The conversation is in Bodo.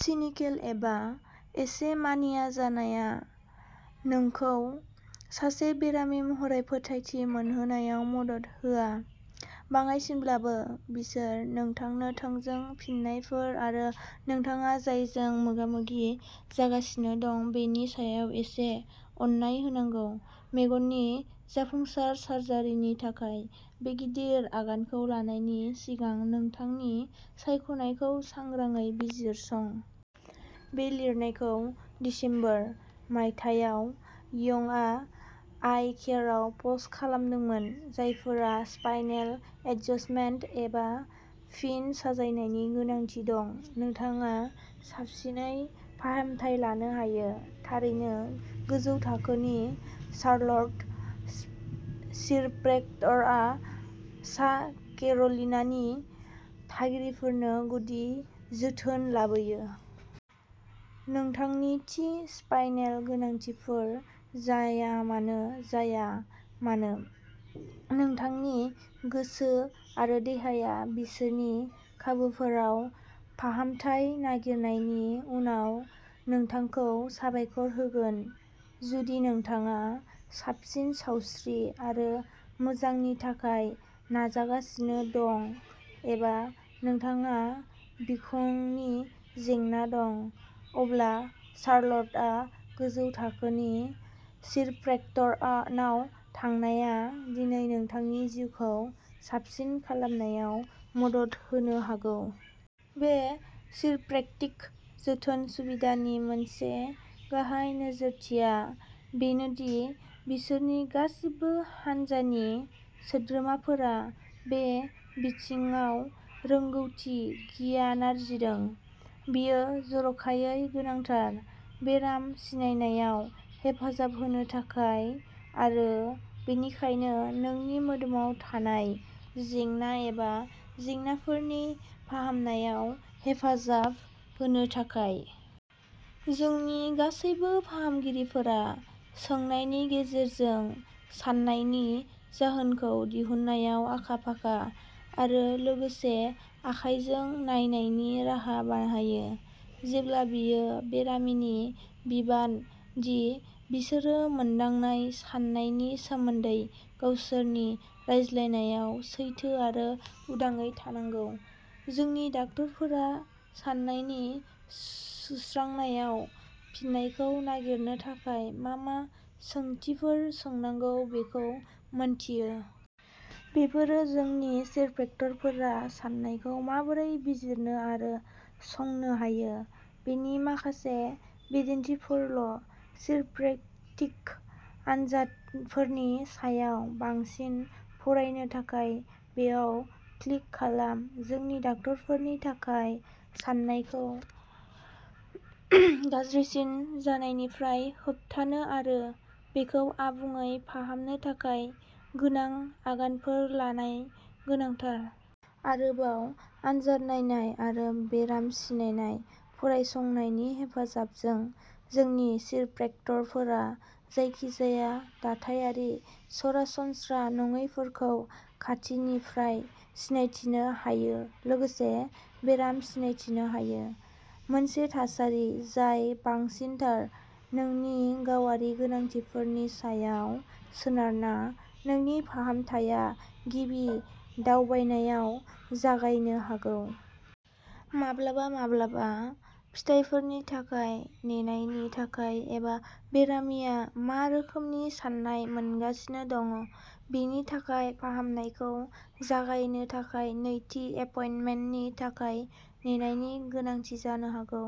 सिनिकेल एबा एसे मानिया जानाया नोंखौ सासे बेरामि महरै फोथायथि मोनहोनायाव मदद होआ। बाङाइसिनब्लाबो, बिसोर नोंथांनो थोंजों फिन्नायफोर आरो नोंथाङा जायजों मोगा-मोगि जागासिनो दं बेनि सायाव एसे अननाय होनांगौ। मेगननि जाफुंसार सार्जारिनि थाखाय बे गिदिर आगानखौ लानायनि सिगां नोंथांनि सायख'नायखौ सांग्राङै बिजिरसं। बे लिरनायखौ दिसेम्बर, मायथाइयाव यंगआ आइ केयारआव पस्ट खालामदोंमोन। जायफोरा स्पाइनेल एडजस्टमेन्ट एबा फिन साजायनायनि गोनांथि दं, नोंथाङा साबसिनै फाहामथाय लानो हायो। थारैनो, गोजौ थाखोनि शार्लट चिरप्रेक्टरआ सा केर'लिनानि थागिरिफोरनो गुदि जोथोन लाबोयो। नोंथांनि थि स्पाइनेल गोनांथिफोर जायामानो जाया मानो, नोंथांनि गोसो आरो देहाया बिसोरनि खाबुफोराव फाहामथाय नागिरनायनि उनाव नोंथांखौ साबायखर होगोन। जुदि नोंथाङा साबसिन सावस्रि आरो मोजांनि थाखाय नाजागासिनो दं एबा नोंथांहा बिखुंनि जेंना दं, अब्ला शार्लटआव गोजौ थाखोनि चिरप्रेक्टरनाव थांनाया दिनै नोंथांनि जिउखौ साबसिन खालामनायाव मदद होनो हागौ। बे चिरप्रेक्टिक जोथोन सुबिदानि मोनसे गाहाय नोजोरथिआ बेनो दि बिसोरनि गासिबो हानजानि सोद्रोमाफोरा बे बिथिङाव रोंग'थि गियान आरजिदों। बेयो जर'खायै गोनांथार। बेराम सिनायनायाव हेफाजाब होनो थाखाय आरो बेनिखायनो नोंनि मोदोमाव थानाय जेंना एबा जेंनाफोरनि फाहामनायाव हेफाजाब होनो थाखाय। जोंनि गासैबो फाहामगिरिफोरा सोंनायनि गेजेरजों सानायनि जाहोनखौ दिहुननायाव आखा-फाखा आरो लोगोसे आखायजों नायनायनि राहा बाहायो। जेब्ला बेयो बेरामिनि बिबान दि बिसोरो मोनदांनाय सानायनि सोमोन्दै गावसोरनि रायज्लायनायाव सैथो आरो उदाङै थानांगौ, जोंनि डाक्टारफोरा सानायनि सुस्रांनायाव फिननायखौ नागिरनो थाखाय मा-मा सोंथिफोर सोंनांगौ बेखौ मिन्थियो। बेफोरो जोंनि चिरप्रेक्टरफोरा सानायखौ माबोरै बिजिरनो आरो संनो हायो बेनि माखासे बिदिन्थिफोरल'। चिरप्रेक्टिक आनजादफोरनि सायाव बांसिन फरायनो थाखाय बेयाव क्लिक खालाम। जोंनि डक्टरफोरनि थाखाय सानायखौ गाज्रिसिन जानायनिफ्राय होबथानो आरो बेखौ आबुङै फाहामनो थाखाय गोनां आगानफोर लानाय गोनांथार। आरोबाव आनजाद नायनाय आरो बेराम सिनायनाय फरायसंनायनि हेफाजाबजों, जोंनि चिरप्रेक्टरफोरा जायखिजाया दाथायारि सरासनस्रा नङैफोरखौ खाथिनिफ्राय सिनायथिनो हायो लोगोसे बेराम सिनायथिनो हायो। मोनसे थासारि जाय बांसिन थार। नोंनि गावारि गोनांथिफोरनि सायाव सोनारना, नोंनि फाहामथाया गिबि दावबायनायाव जागायनो हागौ। माब्लाबा माब्लाबा फिथायफोरनि थाखाय नेनायनि थाखाय एबा बेरामिया मा रोखोमनि सानाय मोनगासिनो दं बिनि थाखाय फाहामनायखौ जागायनो थाखाय नैथि एपइन्टमेन्टनि थाखाय नेनायनि गोनांथि जानो हागौ।